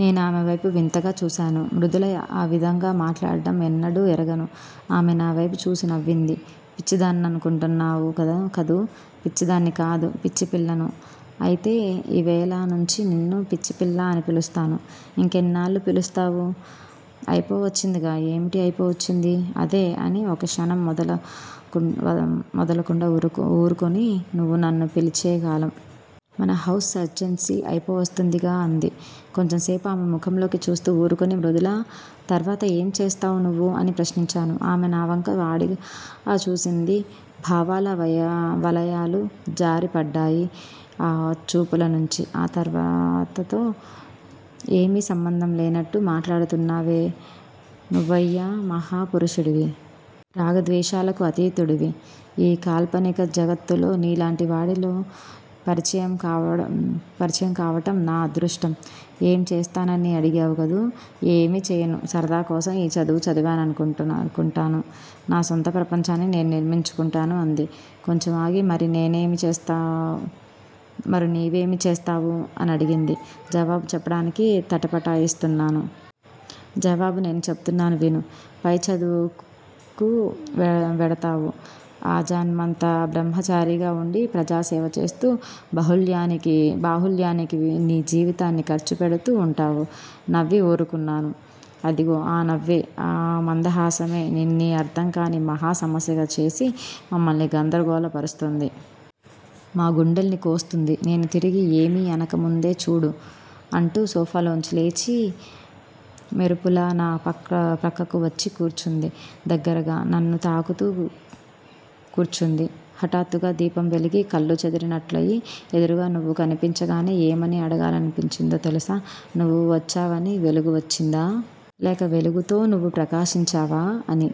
నేనామెవైపు వింతగా చూశాను. మృదుల ఆ విధంగా మాట్లాడటం ఎన్నడూ ఎరుగను. ఆమె నావైపు చూసి నవ్వింది. పిచ్చిదాన్ననుకుంటున్నావు కదూ! పిచ్చిదాన్ని కాదు పిచ్చిపిల్లను. అయితే యివేళ నుంచి నిన్ను 'పిచ్చిపిల్లా' అని పిలుస్తాను. ఇంకెన్నాళ్ళు పిలుస్తావు? అయిపోవచ్చిందిగా ఏమిటి అయిపోవచ్చింది? అదే అని ఒకక్షణం మెదలకుండా ఊరుకుని నువ్వు నన్ను పిలిచేకాలం. మన హౌస్ సర్జన్సీ అయిపోవస్తుందిగా అంది. కొంచెంసేపు ఆమె ముఖంలోకి చూస్తూ ఊరుకుని మృదులా! తర్వాత ఏం చేస్తావు నువ్వు? అని ప్రశ్నించాను. ఆమె నావంక వాడిగా చూసింది భావాల వలయాలు జారిపడ్డాయి ఆ చూపులనుంచి. ఆ తర్వాతతో ఏమీ సంబంధంలేనట్లు మాట్లాడుతున్నావే నువ్వయ్యా మహా పురుషుడివి. రాగద్వేషాలకు అతీతుడివి. ఈ కాల్పనిక జగత్తులో నీలాంటివాడిలో పరిచయం కావటం నా అదృష్టం. ఏం చేస్తానని అడిగావు కదూ! ఏమీ చెయ్యను. సరదాకోసం యీ చదువు చదివాననుకుంటాను. నా సొంత ప్రపంచాన్ని నేను నిర్మించుకుంటాను అంది. కొంచెం ఆగి మరి నీవేమి చేస్తావు? అనడిగింది. జవాబు చెప్పటానికి తటపటాయిస్తున్నాను. జవాబు నేను చెపుతున్నాను విను. పై చదువుకు వెడతావు. ఆజన్మాంత బ్రహ్మచారిగా వుండి ప్రజాసేవ చేస్తూ బాహుళ్యానికి నీ జీవితాన్ని ఖర్చు పెడుతూ వుంటావు. నవ్వి ఊరుకున్నాను. అదిగో ఆ నవ్వే, ఆ మందహాసమే నిన్నీ అర్ధంకాని మహా సమస్యగా చేసి మమ్మల్ని గంద్రగోళ పరుస్తోంది. మా గుండెల్ని కోస్తుంది. నేను తిరిగి ఏమీ అనక ముందే చూడూ! అంటూ సోఫాలోంచి లేచి, మెరుపులా నా ప్రక్కకు వచ్చి కూర్చుంది. దగ్గరగా, నన్ను తాకుతూ కూర్చుంది. హటాత్తుగా దీపం వెలిగి, కళ్ళు చెదిరినట్లయి ఎదురుగా నువ్వు కనిపించగానే ఏమని అడగాలనిపించిందో తెలుసా? నువ్వు వచ్చావని వెలుగు వచ్చిందా? లేక వెలుగుతో నువ్వు ప్రకాశించావా? ' అని.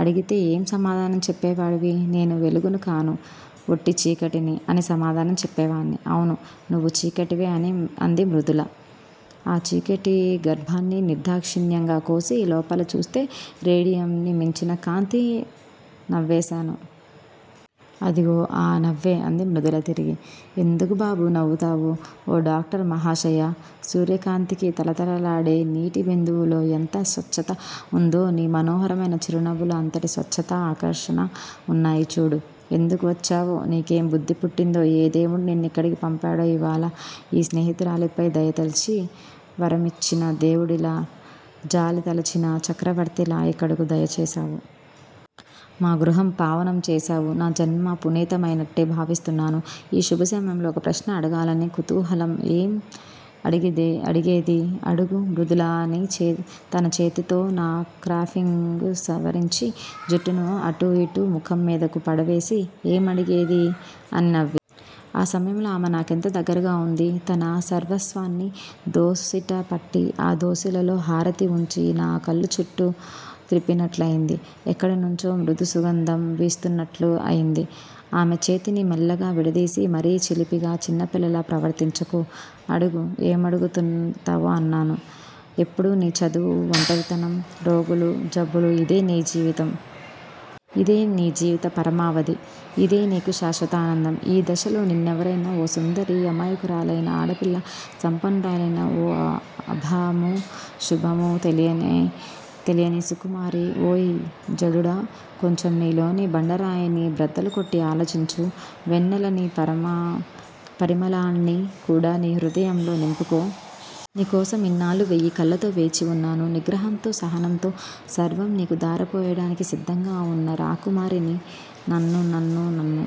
అడిగితే ఏం సమాధానం చెప్పేవాడివి? నేను వెలుగునుకాను. వొట్టి చీకటిని! అని సమాధానం చెప్పేవాణ్ని. అవును, నువ్వు చీకటివే అంది మృదుల. ఆ చీకటి గర్భాన్ని నిర్ధాక్షిణ్యంగా కోసి, లోపల చూస్తే రేడియమ్ ని మించిన కాంతి నవ్వేశాను. అదిగో ఆ నవ్వే అంది మృదుల తిరిగి. ఎందుకు బాబూ! నవ్వుతావు! ఓ డాక్టర్ మహాశయా! సూర్యకాంతికి తళతళలాడే నీటి బిందువులో ఎంత స్వచ్చత వుందో, నీ మనోహరమైన చిరునవ్వులో అంతటి స్వచ్చతా, ఆకర్షణా వున్నాయి. చూడూ! ఎందుకు వచ్చావో, నీకేం బుద్ధి పుట్టిందో, ఏ దేముడు నిన్నిక్కడికి పంపాడో యివాళ యీ స్నేహితురాలిపై దయతలచి, వరమిచ్చిన దేవుడిలా, జాలితలచిన చక్రవర్తిలా యిక్కడకు దయ చేశావు. మా గృహం పావనం చేశావు. నా జన్మ పునీతమైనట్టే భావిస్తున్నాను. ఈ శుభసమయంలో ఒక ప్రశ్న అడగాలని కుతూహలం. ఏం? అడిగేదీ? అడుగు మృదుల తన చేతితో నా క్రాఫింగు సవరించి, జుట్టును అటూ యిటూ, ముఖం మీదకు పడవేసి ఏం అడిగేదీ? అని నవ్వింది. ఆ సమయంలో ఆమె నాకెంత దగ్గరగా వుంది! తన సర్వస్వాన్నీ దోసిట పట్టి, ఆ దోసిలిలో హారతి వుంచి, నా కళ్ళచుట్టు త్రిప్పినట్లయింది. ఎక్కడినుంచో మృదు సుగంధం వీస్తున్నట్లయింది. ఆమె చేతిని మెల్లిగా విడదీసి మరీ చిలిపిగా, చిన్నపిల్లలా ప్రవర్తించకు! అడుగు. ఏమడుగుతావో అన్నాను. ఎప్పుడూ నీ చదువు, వంటరితనం, రోగులు, జబ్బులు_యిదే నీ జీవితం. ఇదే నీ జీవిత పరమావధి. ఇదే నీకు శాశ్వతానందం. ఈ దశలో నిన్నెవరైనా ఓ సుందరి, అమాయకురాలైన ఆడపిల్ల సంపన్నురాలైన ఓ అభమూ శుభమూ తెలియని సుకుమారి 'ఓయి జడుడా! కొంచెం నీలోని బండరాయిని బ్రద్దలు కొట్టి ఆలోచించు. వెన్నెలనీ, పరిమళాన్నీ కూడా నీ హృదయంలో నింపుకో. నీకోసం యిన్నాళ్ళు వెయ్యి కళ్ళతో వేచివున్నాను. నిగ్రహంతో, సహనంతో సర్వం నీకు ధారపోయటానికి సిద్ధంగా వున్న రాకుమారిని. నన్ను నన్ను నన్ను